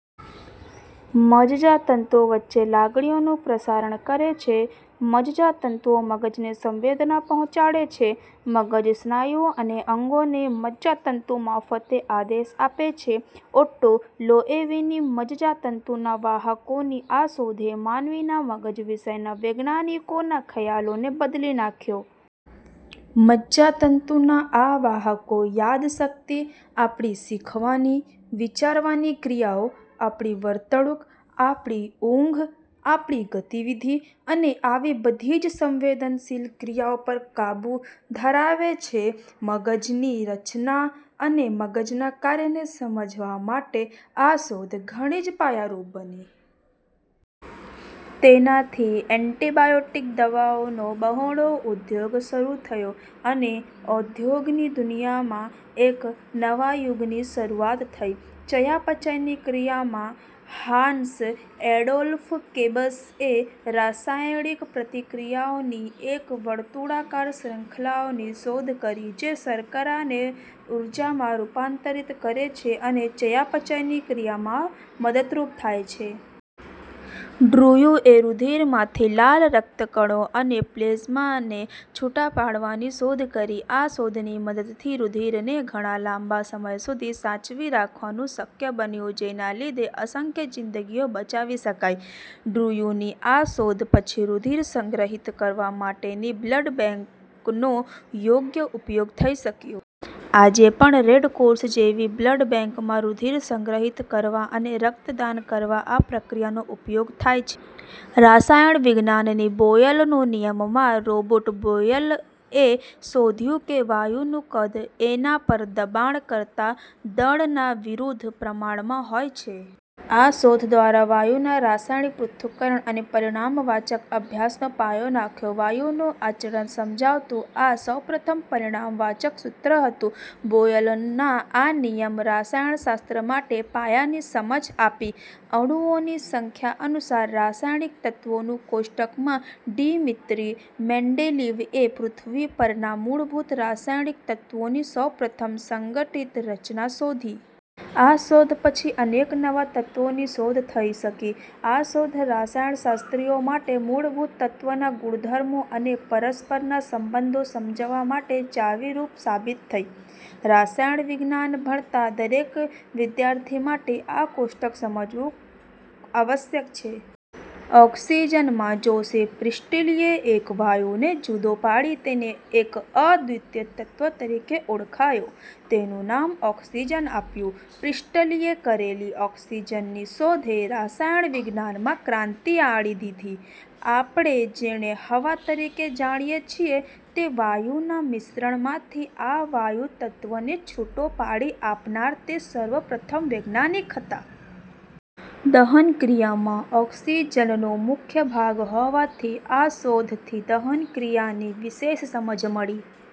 મજજા તંતુઓ વચ્ચે લાગણીઓનું પ્રસારણ કરે છે. મજજાતંતુઓ મગજને સંવેદના પહોંચાડે છે. મગજ સ્નાયુઓ અને અંગોને મજ્જાતંતુ મારફતે આદેશ આપે છે. ઓટ્ટો લોએવીની મજજાતંતુના વાહકોની આ શોધે માનવીના મગજ વિષેના વૈજ્ઞાનિકોના ખ્યાલને બદલી નાંખ્યો. મજ્જાતંતુના આ વાહકો યાદશક્તિ, આપણી શીખવાની, વિચારવાની ક્રિયાઓ, આપણી વર્તણુક, આપણી ઊંઘ, આપણી ગતિવિધિ અને આવી બધી જ સંવેદનશીલ ક્રિયાઓ પર કાબુ ધરાવે છે. મગજની રચના અને મગજના કાર્યને સમજવા માટે આ શોધ ઘણી જ પાયારૂપ બની. તેનાથી એન્ટિબાયોટિક દવાઓનો બહોળો ઉદ્યોગ શરુ થયો અને ઔષધની દુનિયામાં એક નવા યુગની શરૂઆત થઇ. ચયાપચયની ક્રિયા માં હાન્સ એડોલ્ફ કેબ્સએ રસાયણિક પ્રતિક્રિયાઓની એક વર્તુળાકાર શ્રુંખલાની શોધ કરી જે શર્કરાને ઊર્જામાં રૂપાંતરિત કરે છે અને ચયાપચયની ક્રિયામાં મદદરૂપ થાય છે. ડ્રયુએ, રુધિરમાંથી લાલ રક્તકણો અને પ્લેઝમાને છુટા પાડવાની શોધ કરી. આ શોધની મદદથી રુધિરને ઘણા લાંબા સમય સુધી સાચવી રાખવાનું શક્ય બન્યું જેના લીધે અસંખ્ય જીન્દગીઓ બચાવી શકાઇ. ડ્રયુની આ શોધ પછી રુધિર સંગ્રહિત કરવા માટેની બ્લડ બેંકનો યોગ્ય ઉપયોગ થઇ શક્યો. આજે પણ રેડક્રોસ જેવી બ્લડ બેંકમાં રુધિર સંગ્રહિત કરવા અને રક્તદાન કરવામાં આ પ્રક્રિયાનો ઉપયોગ થાય છે. રસાયણ વિજ્ઞાનની બોયલનો નિયમ માં રોબર્ટ બોયલએ શોધ્યું કે વાયુનું કદ એના પર દબાણ કરતા બળના વિરુદ્ધ પ્રમાણમાં હોય છે. આ શોધ દ્વારા વાયુઓના રસાયણિક પૃથક્કરણ અને પરિમાણવાચક અભ્યાસનો પાયો નંખાયો. વાયુઓનું આચરણ સમજાવતું આ સૌપ્રથમ પરિમાણવાચક સૂત્ર હતું. બોયલના આ નિયમે રસાયણશાસ્ત્ર માટે પાયાની સમજ આપી. અણુઓની સંખ્યા અનુસાર રસાયણિક તત્વોનું કોષ્ટક માં ડીમીત્રી મેન્ડેલીયેવએ પૃથ્વી પરના મૂળભૂત રસાયણિક તત્વોની સૌપ્રથમ સંઘટિત રચના શોધી. આ શોધ પછી અનેક નવા તત્વોની શોધ થઇ શકી. આ શોધ રસાયણશાસ્ત્રીઓ માટે મૂળભૂત તત્વોના ગુણધર્મો અને પરસ્પરના સંબંધો સમજવા માટે ચાવીરૂપ સાબિત થઇ. રાસાયણવિજ્ઞાન ભણતા દરેક વિદ્યાર્થી માટે આ કોષ્ટક સમજવું આવશ્યક છે. ઓકસીજન માં જોસેફ પ્રિસ્ટલીએ એક વાયુને જુદો પાડી તેને એક અદ્વિતીય તત્વ તરીકે ઓળખાવ્યો. તેનું નામ ઓકસીજન આપ્યું. પ્રિસ્ટલીએ કરેલી ઓકસીજનની શોધે રસાયણ વિજ્ઞાનમાં ક્રાંતિ આણી દીધી. આપણે જેને "હવા" તરીકે જાણીએ છીએ તે વાયુઓના મિશ્રણમાંથી આ વાયુ તત્વને છૂટો પાડી આપનાર તે સૌપ્રથમ વૈજ્ઞાનિક હતા. દહનક્રિયામાં ઓકસીજનનો મુખ્ય ભાગ હોવાથી આ શોધથી દહનક્રિયાની વિશેષ સમજ મળી.